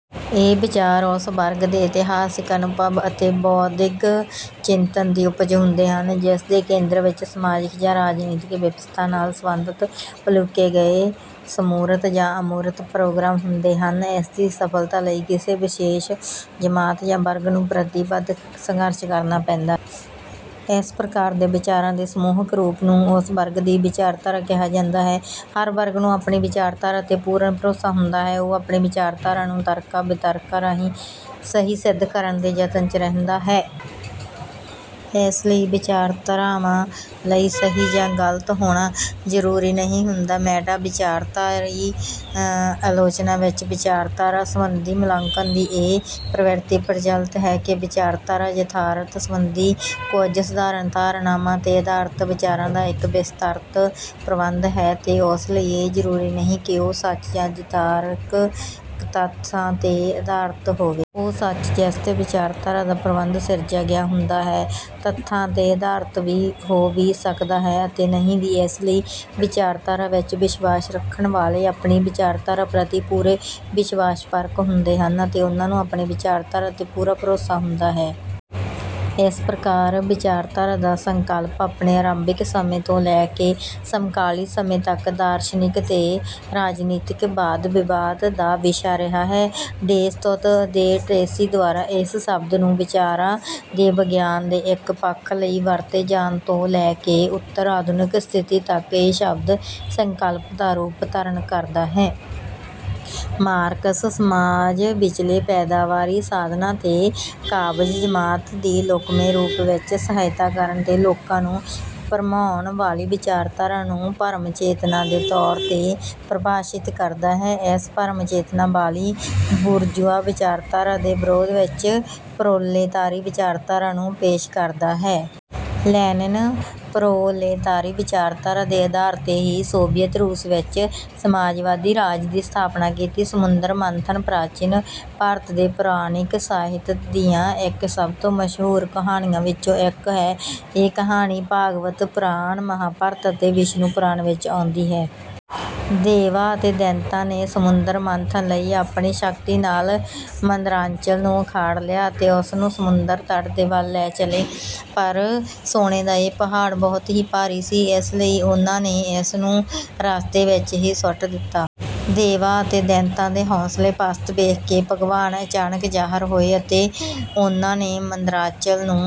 ਇਹ ਵਿਚਾਰ ਉਸ ਵਰਗ ਦੇ ਇਤਿਹਾਸਿਕ ਅਨੁਭਵ ਅਤੇ ਬੌਧਿਕ ਚਿੰਤਨ ਦੀ ਉਪਜ ਹੁੰਦੇ ਹਨ, ਜਿਸ ਦੇ ਕੇਂਦਰ ਵਿੱਚ ਸਮਾਜਿਕ ਜਾਂ ਰਾਜਨੀਤਿਕ ਵਿਵਸਥਾ ਨਾਲ ਸੰਬੰਧਤ ਉਲੀਕੇ ਗਏ ਸਮੂਰਤ ਜਾਂ ਅਮੂਰਤ ਪ੍ਰੋਗਰਾਮ ਹੁੰਦੇ ਹਨ। ਇਸ ਦੀ ਸਫਲਤਾ ਲਈ ਕਿਸੇ ਵਿਸ਼ੇਸ਼ ਜਮਾਤ ਜਾਂ ਵਰਗ ਨੂੰ ਪ੍ਰਤੀਬੱਧ ਸੰਘਰਸ਼ ਕਰਨਾ ਪੈਂਦਾ ਹੈ। ਇਸ ਪ੍ਰਕਾਰ ਦੇ ਵਿਚਾਰਾਂ ਦੇ ਸਮੂਹਿਕ ਰੂਪ ਨੂੰ ਉਸ ਵਰਗ ਦੀ ਵਿਚਾਰਧਾਰਾ ਕਿਹਾ ਜਾਂਦਾ ਹੈ। ਹਰ ਵਰਗ ਨੂੰ ਆਪਣੀ ਵਿਚਾਰਧਾਰਾ 'ਤੇ ਪੂਰਨ ਭਰੋਸਾ ਹੁੰਦਾ ਹੈ। ਉਹ ਆਪਣੀ ਵਿਚਾਰਧਾਰਾ ਨੂੰ ਤਰਕਾਂ-ਵਿਤਰਕਾਂ ਰਾਹੀਂ ਸਹੀ ਸਿੱਧ ਕਰਨ ਦੇ ਯਤਨ 'ਚ ਰਹਿੰਦਾ ਹੈ। ਇਸ ਲਈ ਵਿਚਾਰਧਾਰਾਵਾਂ ਲਈ ਸਹੀ ਜਾਂ ਗ਼ਲਤ ਹੋਣਾ ਜ਼ਰੂਰੀ ਨਹੀਂ ਹੁੰਦਾ। ਮੈਟਾ-ਵਿਚਾਰਧਾਰਾਈ ਆਲੋਚਨਾ ਵਿੱਚ ਵਿਚਾਰਧਾਰਾ ਸੰਬੰਧੀ ਮੁਲਾਂਕਣ ਦੀ ਇਹ ਪ੍ਰਵਿਰਤੀ ਪ੍ਰਚਲਿਤ ਹੈ ਕਿ 'ਵਿਚਾਰਧਾਰਾ ਯਥਾਰਥ ਸੰਬੰਧੀ ਕੁੱਝ ਸਾਧਾਰਨ ਧਾਰਨਾਵਾਂ 'ਤੇ ਆਧਾਰਿਤ ਵਿਚਾਰਾਂ ਦਾ ਇੱਕ ਵਿਸਤ੍ਰਿਤ ਪ੍ਰਬੰਧ ਹੈ, ਤੇ ਉਸ ਲਈ ਇਹ ਜ਼ਰੂਰੀ ਨਹੀਂ ਕਿ ਉਹ ਸੱਚ ਜਾਂ ਯਥਾਰਥਕ ਤੱਥਾਂ 'ਤੇ ਆਧਾਰਿਤ ਹੋਵੇ। ਉਹ ਸੱਚ ਜਿਸ 'ਤੇ ਵਿਚਾਰਧਾਰਾ ਦਾ ਪ੍ਰਬੰਧ ਸਿਰਜਿਆ ਗਿਆ ਹੁੰਦਾ ਹੈ, ਤੱਥਾਂ 'ਤੇ ਆਧਾਰਿਤ ਹੋ ਵੀ ਸਕਦਾ ਹੈ ਅਤੇ ਨਹੀਂ ਵੀ।' ਇਸ ਲਈ ਵਿਚਾਰਧਾਰਾ ਵਿੱਚ ਵਿਸ਼ਵਾਸ ਰੱਖਣ ਵਾਲੇ ਆਪਣੀ ਵਿਚਾਰਧਾਰਾ ਪ੍ਰਤੀ ਪੂਰੇ ਵਿਸ਼ਵਾਸਪਰਕ ਹੁੰਦੇ ਹਨ, ਤੇ ਉਨ੍ਹਾਂ ਨੂੰ ਆਪਣੀ ਵਿਚਾਰਧਾਰਾ 'ਤੇ ਪੂਰਾ ਭਰੋਸਾ ਹੁੰਦਾ ਹੈ। ਇਸ ਪ੍ਰਕਾਰ ਵਿਚਾਰਧਾਰਾ ਦਾ ਸੰਕਲਪ ਆਪਣੇ ਆਰੰਭਕ ਸਮੇਂ ਤੋਂ ਲੈ ਕੇ ਸਮਕਾਲੀ ਸਮੇਂ ਤੱਕ ਦਾਰਸ਼ਨਿਕ ਤੇ ਰਾਜਨੀਤਿਕ ਵਾਦ-ਵਿਵਾਦ ਦਾ ਵਿਸ਼ਾ ਰਿਹਾ ਹੈ। ਡੇਸਤੁਤ ਦੇ ਟਰੇਸੀ ਦੁਆਰਾ ਇਸ ਸ਼ਬਦ ਨੂੰ ਵਿਚਾਰਾਂ ਦੇ ਵਿਗਿਆਨ ਦੇ ਇੱਕ ਪੱਖ ਲਈ ਵਰਤੇ ਜਾਣ ਤੋਂ ਲੈ ਕੇ ਉੱਤਰ-ਆਧੁਨਿਕ ਸਥਿਤੀ ਤੱਕ ਇਹ ਸ਼ਬਦ ਸੰਕਲਪ ਦਾ ਰੂਪ ਧਾਰਨ ਕਰਦਾ ਹੈ। ਮਾਰਕਸ ਸਮਾਜ ਵਿਚਲੇ ਪੈਦਾਵਾਰੀ ਸਾਧਨਾਂ 'ਤੇ ਕਾਬਜ਼ ਜਮਾਤ ਦੀ ਲੁਕਵੇਂ ਰੂਪ ਵਿੱਚ ਸਹਾਇਤਾ ਕਰਨ ਤੇ ਲੋਕਾਂ ਨੂੰ ਭਰਮਾਉਣ ਵਾਲੀ ਵਿਚਾਰਧਾਰਾ ਨੂੰ ਭਰਮ-ਚੇਤਨਾ ਦੇ ਤੌਰ 'ਤੇ ਪ੍ਰਭਾਸ਼ਿਤ ਕਰਦਾ ਹੈ। ਇਸ ਭਰਮ-ਚੇਤਨਾ ਵਾਲੀ ਬੁਰਜ਼ੂਆ ਵਿਚਾਰਧਾਰਾ ਦੇ ਵਿਰੋਧ ਵਿੱਚ ਪ੍ਰੋਲੇਤਾਰੀ ਵਿਚਾਰਧਾਰਾ ਨੂੰ ਪੇਸ਼ ਕਰਦਾ ਹੈ। ਲੈਨਿਨ ਪ੍ਰੋਲੇਤਾਰੀ ਵਿਚਾਰਧਾਰਾ ਦੇ ਆਧਾਰ 'ਤੇ ਹੀ ਸੋਵੀਅਤ ਰੂਸ ਵਿੱਚ ਸਮਾਜਵਾਦੀ ਰਾਜ ਦੀ ਸਥਾਪਨਾ ਕੀਤੀ। ਸਮੁੰਦਰ ਮੰਥਨ ਪ੍ਰਾਚੀਨ ਭਾਰਤ ਦੇ ਪੌਰਾਣਿਕ ਸਾਹਿਤ ਦੀਆਂ ਇੱਕ ਸਭ ਤੋਂ ਮਸ਼ਹੂਰ ਕਹਾਣੀਆਂ ਵਿੱਚੋਂ ਇੱਕ ਹੈ। ਇਹ ਕਹਾਣੀ ਭਾਗਵਤ ਪੁਰਾਣ, ਮਹਾਭਾਰਤ, ਅਤੇ ਵਿਸ਼ਨੂ ਪੁਰਾਣ ਵਿੱਚ ਆਉਂਦੀ ਹੈ। ਦੇਵਾਂ ਅਤੇ ਦੈਤਾਂ ਨੇ ਸਮੁੰਦਰ ਮੰਥਨ ਲਈ ਆਪਣੀ ਸ਼ਕਤੀ ਨਾਲ ਮੰਦਰਾਚਲ ਨੂੰ ਉਖਾੜ ਲਿਆ ਅਤੇ ਉਸਨੂੰ ਸਮੁੰਦਰ ਤਟ ਦੇ ਵੱਲ ਲੈ ਚਲੇ। ਪਰ ਸੋਨੇ ਦਾ ਇਹ ਪਹਾੜ ਬਹੁਤ ਹੀ ਭਾਰੀ ਸੀ, ਇਸ ਲਈ ਉਨ੍ਹਾਂ ਨੇ ਇਸਨੂੰ ਰਸਤੇ ਵਿੱਚ ਹੀ ਸੁੱਟ ਦਿੱਤਾ। ਦੇਵਾਂ ਅਤੇ ਦੈਤਾਂ ਦੇ ਹੌਸਲੇ ਪਸਤ ਵੇਖ ਕੇ ਭਗਵਾਨ ਅਚਾਨਕ ਜ਼ਾਹਰ ਹੋਏ ਅਤੇ ਉਨ੍ਹਾਂ ਨੇ ਮੰਦਰਾਚਲ ਨੂੰ